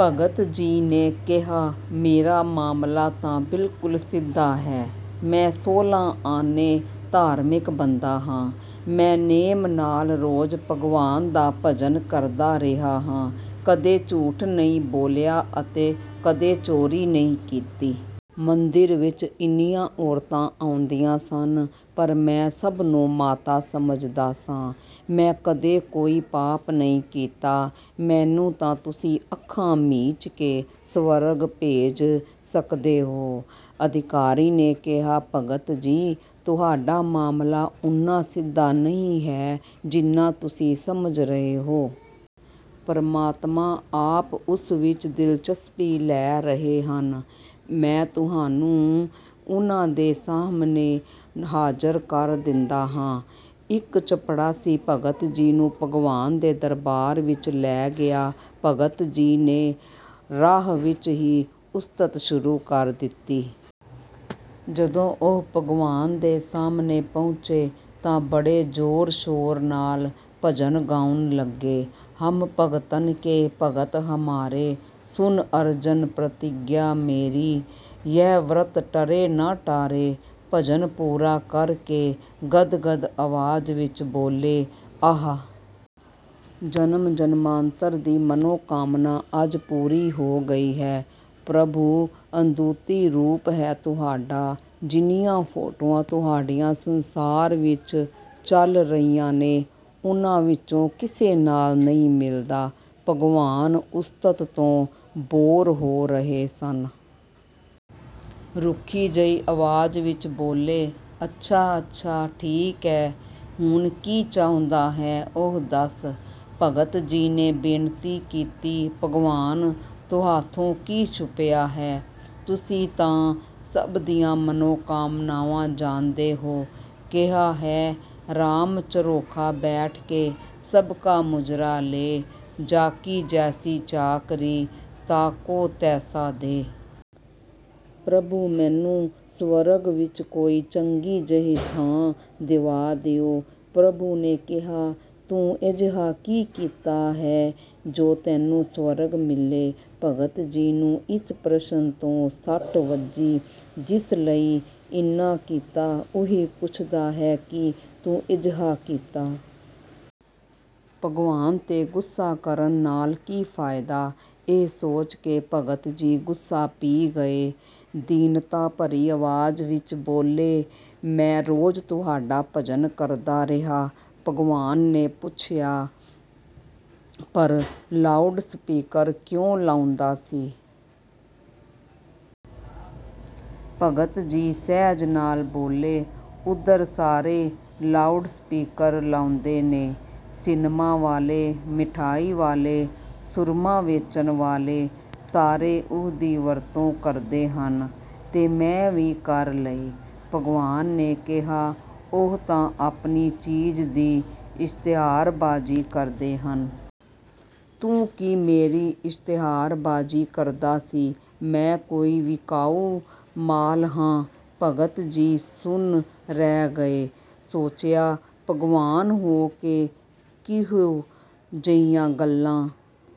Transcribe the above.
ਭਗਤ ਜੀ ਨੇ ਕਿਹਾ, "ਮੇਰਾ ਮਾਮਲਾ ਤਾਂ ਬਿਲਕੁਲ ਸਿੱਧਾ ਹੈ। ਮੈਂ ਸੋਲ੍ਹਾਂ ਆਨੇ ਧਾਰਮਿਕ ਬੰਦਾ ਹਾਂ। ਮੈਂ ਨੇਮ ਨਾਲ ਰੋਜ਼ ਭਗਵਾਨ ਦਾ ਭਜਨ ਕਰਦਾ ਰਿਹਾ ਹਾਂ। ਕਦੇ ਝੂਠ ਨਹੀਂ ਬੋਲਿਆ ਅਤੇ ਕਦੇ ਚੋਰੀ ਨਹੀਂ ਕੀਤੀ। ਮੰਦਿਰ ਵਿੱਚ ਇੰਨੀਆਂ ਔਰਤਾਂ ਆਉਂਦੀਆਂ ਸਨ, ਪਰ ਮੈਂ ਸਭ ਨੂੰ ਮਾਤਾ ਸਮਝਦਾ ਸਾਂ। ਮੈਂ ਕਦੇ ਕੋਈ ਪਾਪ ਨਹੀਂ ਕੀਤਾ। ਮੈਨੂੰ ਤਾਂ ਤੁਸੀਂ ਅੱਖਾਂ ਮੀਚ ਕੇ ਸਵਰਗ ਭੇਜ ਸਕਦੇ ਹੋ।" ਅਧਿਕਾਰੀ ਨੇ ਕਿਹਾ, "ਭਗਤ ਜੀ, ਤੁਹਾਡਾ ਮਾਮਲਾ ਓਨਾ ਸਿੱਧਾ ਨਹੀਂ ਹੈ, ਜਿੰਨਾ ਤੁਸੀਂ ਸਮਝ ਰਹੇ ਹੋ। ਪਰਮਾਤਮਾ ਆਪ ਉਸ ਵਿੱਚ ਦਿਲਚਸਪੀ ਲੈ ਰਹੇ ਹਨ। ਮੈਂ ਤੁਹਾਨੂੰ ਉਨ੍ਹਾਂ ਦੇ ਸਾਹਮਣੇ ਹਾਜ਼ਰ ਕਰ ਦਿੰਦਾ ਹਾਂ।" ਇੱਕ ਚਪੜਾਸੀ ਭਗਤ ਜੀ ਨੂੰ ਭਗਵਾਨ ਦੇ ਦਰਬਾਰ ਵਿੱਚ ਲੈ ਗਿਆ। ਭਗਤ ਜੀ ਨੇ ਰਾਹ ਵਿੱਚ ਹੀ ਉਸਤਤ ਸ਼ੁਰੂ ਕਰ ਦਿੱਤੀ। ਜਦੋਂ ਉਹ ਭਗਵਾਨ ਦੇ ਸਾਹਮਣੇ ਪਹੁੰਚੇ ਤਾਂ ਬੜੇ ਜ਼ੋਰ-ਸ਼ੋਰ ਨਾਲ ਭਜਨ ਗਾਉਣ ਲੱਗੇ: "ਹਮ ਭਗਤਨ ਕੇ ਭਗਤ ਹਮਾਰੇ, ਸੁਨ ਅਰਜਨ ਪ੍ਰਤਿੱਗਿਆ ਮੇਰੀ, ਯਹ ਵ੍ਰਤ ਟਰੈ ਨਾ ਟਾਰੇ।" ਭਜਨ ਪੂਰਾ ਕਰ ਕੇ ਗਦਗਦ ਆਵਾਜ਼ ਵਿੱਚ ਬੋਲੇ, "ਆਹਾ! ਜਨਮ-ਜਨਮਾਂਤਰ ਦੀ ਮਨੋਕਾਮਨਾ ਅੱਜ ਪੂਰੀ ਹੋ ਗਈ ਹੈ। ਪ੍ਰਭੂ, ਅਦੁੱਤੀ ਰੂਪ ਹੈ ਤੁਹਾਡਾ! ਜਿੰਨੀਆਂ ਫੋਟੋਆਂ ਤੁਹਾਡੀਆਂ ਸੰਸਾਰ ਵਿੱਚ ਚੱਲ ਰਹੀਆਂ ਨੇ, ਉਨ੍ਹਾਂ ਵਿੱਚੋਂ ਕਿਸੇ ਨਾਲ਼ ਨਹੀਂ ਮਿਲਦਾ।" ਭਗਵਾਨ ਉਸਤਤ ਤੋਂ 'ਬੋਰ' ਹੋ ਰਹੇ ਸਨ। ਰੁੱਖੀ ਜਿਹੀ ਆਵਾਜ਼ ਵਿੱਚ ਬੋਲੇ, "ਅੱਛਾ-ਅੱਛਾ ਠੀਕ ਐ। ਹੁਣ ਕੀ ਚਾਹੁੰਦਾ ਹੈਂ, ਉਹ ਦੱਸ?" ਭਗਤ ਜੀ ਨੇ ਬੇਨਤੀ ਕੀਤੀ, "ਭਗਵਾਨ, ਤੁਹਾਥੋਂ ਕੀ ਛੁਪਿਆ ਹੈ! ਤੁਸੀਂ ਤਾਂ ਸਭ ਦੀਆਂ ਮਨੋਕਾਮਨਾਵਾਂ ਜਾਣਦੇ ਹੋ! ਕਿਹਾ ਹੈ, 'ਰਾਮ, ਝਰੋਖਾ ਬੈਠ ਕੇ ਸਬਕਾ ਮੁਜਰਾ ਲੇ, ਜਾ ਕੀ ਜੈਸੀ ਚਾਕਰੀ ਤਾ ਕੋ ਤੈਸਾ ਦੇ!' ਪ੍ਰਭੂ, ਮੈਨੂੰ ਸਵਰਗ ਵਿੱਚ ਕੋਈ ਚੰਗੀ ਜਿਹੀ ਥਾਂ ਦਿਵਾ ਦਿਓ!" ਪ੍ਰਭੂ ਨੇ ਕਿਹਾ, "ਤੂੰ ਅਜਿਹਾ ਕੀ ਕੀਤਾ ਹੈ ਜੋ ਤੈਨੂੰ ਸਵਰਗ ਮਿਲੇ!" ਭਗਤ ਜੀ ਨੂੰ ਇਸ ਪ੍ਰਸ਼ਨ ਤੋਂ ਸੱਟ ਵੱਜੀ। ਜਿਸ ਲਈ ਇੰਨਾ ਕੀਤਾ, ਉਹੀ ਪੁੱਛਦਾ ਹੈ ਕਿ "ਤੂੰ ਅਜਿਹਾ ਕੀਤਾ!" ਭਗਵਾਨ 'ਤੇ ਗੁੱਸਾ ਕਰਨ ਨਾਲ ਕੀ ਫ਼ਾਇਦਾ? ਇਹ ਸੋਚ ਕੇ ਭਗਤ ਜੀ ਗੁੱਸਾ ਪੀ ਗਏ। ਦੀਨਤਾ ਭਰੀ ਆਵਾਜ਼ ਵਿੱਚ ਬੋਲੇ, "ਮੈਂ ਰੋਜ਼ ਤੁਹਾਡਾ ਭਜਨ ਕਰਦਾ ਰਿਹਾ।" ਭਗਵਾਨ ਨੇ ਪੁੱਛਿਆ, "ਪਰ ਲਾਊਡ ਸਪੀਕਰ ਕਿਉਂ ਲਾਉਂਦਾ ਸੀ?" ਭਗਤ ਜੀ ਸਹਿਜ ਨਾਲ ਬੋਲੇ, "ਉੱਧਰ ਸਾਰੇ ਲਾਊਡ ਸਪੀਕਰ ਲਾਉਂਦੇ ਨੇ। ਸਿਨਮਾ ਵਾਲੇ, ਮਿਠਾਈ ਵਾਲੇ, ਸੁਰਮਾ ਵੇਚਣ ਵਾਲੇ- ਸਾਰੇ ਉਹਦੀ ਵਰਤੋਂ ਕਰਦੇ ਹਨ, ਤੇ ਮੈਂ ਵੀ ਕਰ ਲਈ।" ਭਗਵਾਨ ਨੇ ਕਿਹਾ, "ਉਹ ਤਾਂ ਆਪਣੀ ਚੀਜ਼ ਦੀ ਇਸ਼ਤਿਹਾਰਬਾਜ਼ੀ ਕਰਦੇ ਹਨ। ਤੂੰ ਕੀ ਮੇਰੀ ਇਸ਼ਤਿਹਾਰਬਾਜ਼ੀ ਕਰਦਾ ਸੀ? ਮੈਂ ਕੋਈ ਵਿਕਾਊ ਮਾਲ ਹਾਂ?" ਭਗਤ ਜੀ ਸੁੰਨ ਰਹਿ ਗਏ। ਸੋਚਿਆ, ਭਗਵਾਨ ਹੋ ਕੇ ਕਿਹੋ ਜਿਹੀਆਂ ਗੱਲਾਂ